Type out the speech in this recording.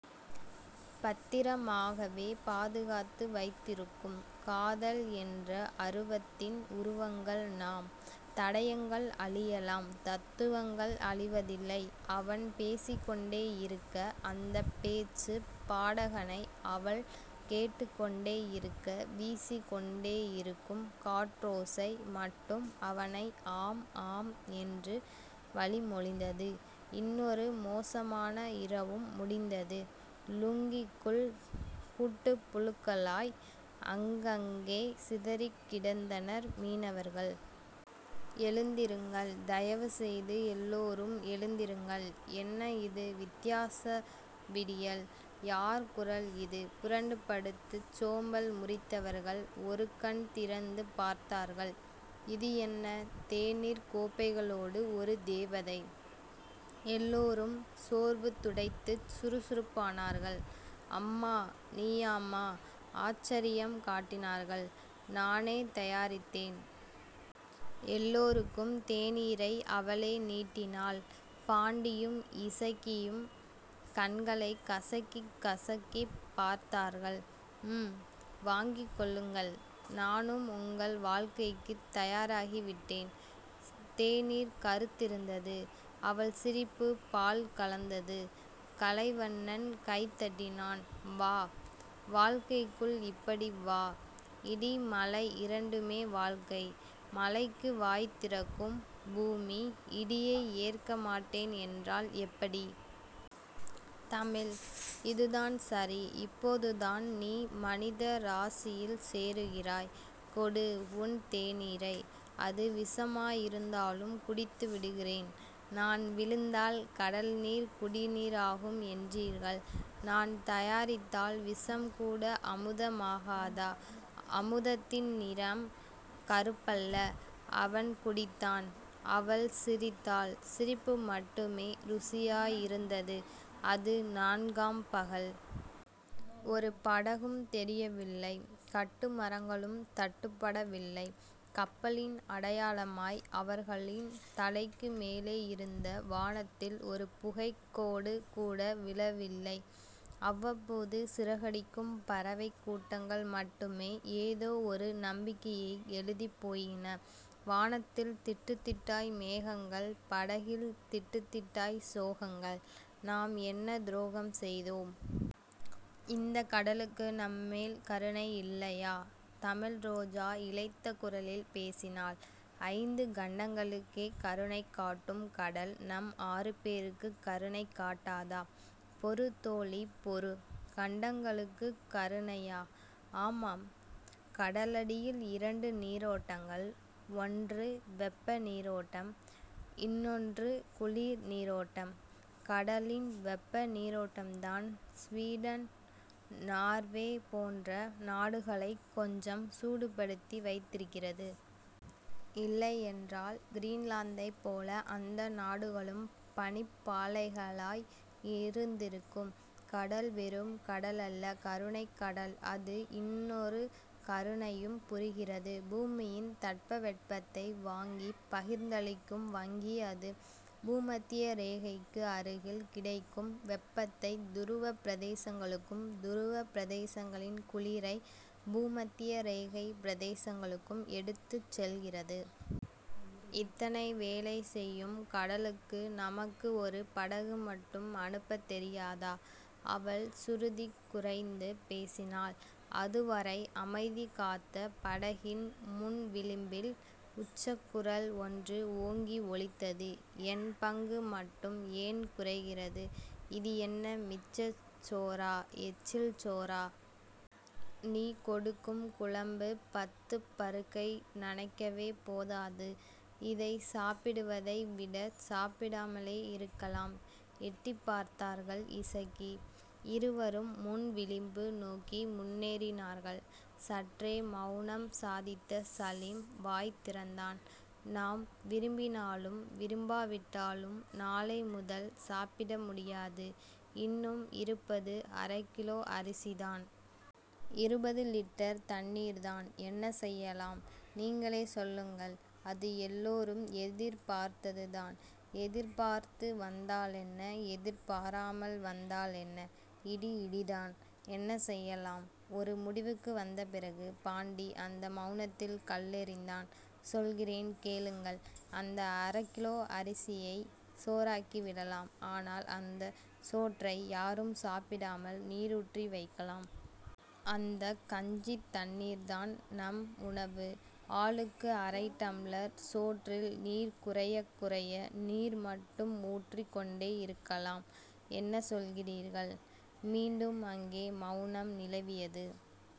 பத்திரமாகவே பாதுகாத்து வைத்திருக்கும். காதல் என்ற அருவத்தின் உருவங்கள் நாம். தடயங்கள் அழியலாம். தத்துவங்கள் அழிவதில்லை. அவன் பேசிக்கொண்டேயிருக்க அந்தப் பேச்சுப் பாடகனை அவள் கேட்டுக்கொண்டேயிருக்க வீசிக் கொண்டேயிருக்கும் காற்றோசை மட்டும் அவனை ஆம் ஆம் என்று வழிமொழிந்தது. இன்னொரு மோசமான இரவும் முடிந்தது. லுங்கிக்குள் கூட்டுப் புழுக்களாய் அங்கங்கே சிதறிக் கிடந்தனர் மீனவர்கள். எழுந்திருங்கள். தயவுசெய்து எல்லோரும் எழுந்திருங்கள். என்ன இது, வித்தியாச விடியல். யார் குரல் இது? புரண்டுபடுத்துச் சோம்பல் முறித்தவர்கள் ஒரு கண் திறந்து பார்த்தார்கள். இது என்ன, தேநீர்க் கோப்பைகளோடு ஒரு தேவதை. எல்லோரும் சோர்வுதுடைத்துச் சுறுசுறுப்பானார்கள். அம்மா. நீயாம்மா? ஆச்சரியம் காட்டினார்கள். நானே தயாரித்தேன். எல்லோருக்கும் தேநீரை அவளே நீட்டினாள். பாண்டியும் இசக்கியும் கண்களைக் கசக்கிக் கசக்கிப் பார்த்தார்கள். ம்.. வாங்கிக் கொள்ளுங்கள். நானும் உங்கள் வாழ்க்கைக்குத் தயாராகிவிட்டேன். தேநீர் கறுத்திருந்தது. அவள் சிரிப்பு பால் கலந்தது. கலைவண்ணன் கைதட்டினான். வா. வாழ்க்கைக்குள் இப்படி வா. இடி-மழை இரண்டுமே வாழ்க்கை.. மழைக்கு வாய்திறக்கும் பூமி, இடியை ஏற்க மாட்டேன் என்றால் எப்படி? தமிழ். இதுதான் சரி. இப்போதுதான் நீ மனிதராசியில் சேருகிறாய். கொடு உன் தேநீரை. அது விஷமாயிருந்தாலும் குடித்துவிடுகிறேன். நான் விழுந்தால் கடல்நீர் குடிநீராகும் என்றீர்கள். நான் தயாரித்தால் விஷம்கூட அமுதமாகாதா? அமுதத்தின் நிறம் கறுப்பல்ல. அவன் குடித்தான். அவள் சிரித்தாள். சிரிப்பு மட்டுமே ருசியாயிருந்தது. அது நான்காம் பகல். ஒரு படகும் தெரியவில்லை. கட்டுமரங்களும் தட்டுப்படவில்லை. கப்பலின் அடையாளமாய் அவர்களின் தலைக்கு மேலே இருந்த வானத்தில் ஒரு புகைக்கோடுகூட விழவில்லை. அவ்வப்போது சிறகடிக்கும் பறவைக் கூட்டங்கள் மட்டுமே ஏதோ ஒரு நம்பிக்கையை எழுதிப்போயின. வானத்தில் திட்டுத்திட்டாய் மேகங்கள் படகில் திட்டுத்திட்டாய் சோகங்கள். நாம் என்ன துரோகம் செய்தோம்? இந்தக் கடலுக்கு நம்மேல் கருணை இல்லையா? தமிழ்ரோஜா இளைத்த குரலில் பேசினாள். ஐந்து கண்டங்களுக்கே கருணைகாட்டும் கடல் நம் ஆறு பேருக்குக் கருணைகாட்டாதா? பொறு தோழி பொறு. கண்டங்களுக்குக் கருணையா? ஆமாம். கடலடியில் இரண்டு நீரோட்டங்கள். ஒன்று வெப்ப நீரோட்டம், இன்னொன்று குளிர்நீரோட்டம். கடலின் வெப்ப நீரோட்டம் தான் ஸவீடன், நார்வே போன்ற நாடுகளைக் கொஞ்சம் சூடுபடுத்தி வைத்திருக்கிறது. இல்லையென்றால். கிரீன்லாந்தைப் போல அந்த நாடுகளும் பனிப்பாலைகளாய் இருந்திருக்கும். கடல் வெறும் கடலல்ல கருணைக்கடல் அது இன்னொரு கருணையும் புரிகிறது. பூமியின் தட்பவெப்பத்தை வாங்கிப் பகிர்ந்தளிக்கும் வங்கி அது. பூமத்திய ரேகைக்கு அருகில் கிடைக்கும் வெப்பத்தைத் துருவப் பிரதேசங்களுக்கும் துருவப் பிரதேசங்களின் குளிரை பூமத்திய ரேகைப் பிரதேசங்களுக்கும் எடுத்துச் செல்கிறது. இத்தனை வேலை செய்யும் கடலுக்கு நமக்கு ஒரு படகு மட்டும் அனுப்பத் தெரியாதா? அவள் சுருதி குறைந்து பேசினாள். அதுவரை அமைதிகாத்த படகின் முன்விளிம்பில், உச்சக்குரல் ஒன்று ஓங்கி ஒலித்தது. என் பங்கு மட்டும் ஏன் குறைகிறது? இது என்ன மிச்சச் சோறா? எச்சில் சோறா? நீ கொடுக்கும் குழம்பு பத்துப் பருக்கை நனைக்கவே போதாது. இதைச் சாப்பிடுவதை விடச் சாப்பிடாமலே இருக்கலாம். எட்டிப்பார்த்தார்கள் இசக்கி. இருவரும் முன்விளிம்பு நோக்கி முன்னேறினார்கள். சற்றே மெளனம் சாதித்த சலீம் வாய்திறந்தான். நாம் விரும்பினாலும் விரும்பாவிட்டாலும் நாளை முதல் சாப்பிடமுடியாது. இன்னும் இருப்பது அரைகிலோ அரிசிதான். இருபது லிட்டர் தண்ணீர்தான் என்ன செய்யலாம்? நீங்களே சொல்லுங்கள். அது எல்லோரும் எதிர்பார்த்ததுதான், எதிர்பார்த்து வந்தாலென்ன எதிர்பாராமல் வந்தாலென்ன இடி இடிதான். என்ன செய்யலாம்? ஒரு முடிவுக்கு வந்தபிறகு பாண்டி அந்த மெளனத்தில் கல்லெறிந்தான். சொல்கிறேன், கேளுங்கள். அந்த அரைகிலோ அரிசியைச் சோறாக்கிவிடலாம். ஆனால், அந்தச் சோற்றை யாரும் சாப்பிடாமல் நீருற்றி வைக்கலாம். அந்தக் கஞ்சித் தண்ணீர்தான் நம் உணவு, ஆளுக்கு அரை டம்ளர். சோற்றில் நீர் குறையக் குறைய நீர் மட்டும் ஊற்றிக் கொண்டேயிருக்காலாம். என்ன சொல்கிறீர்கள்? மீண்டும் அங்கே மெளனம் நிலவியது.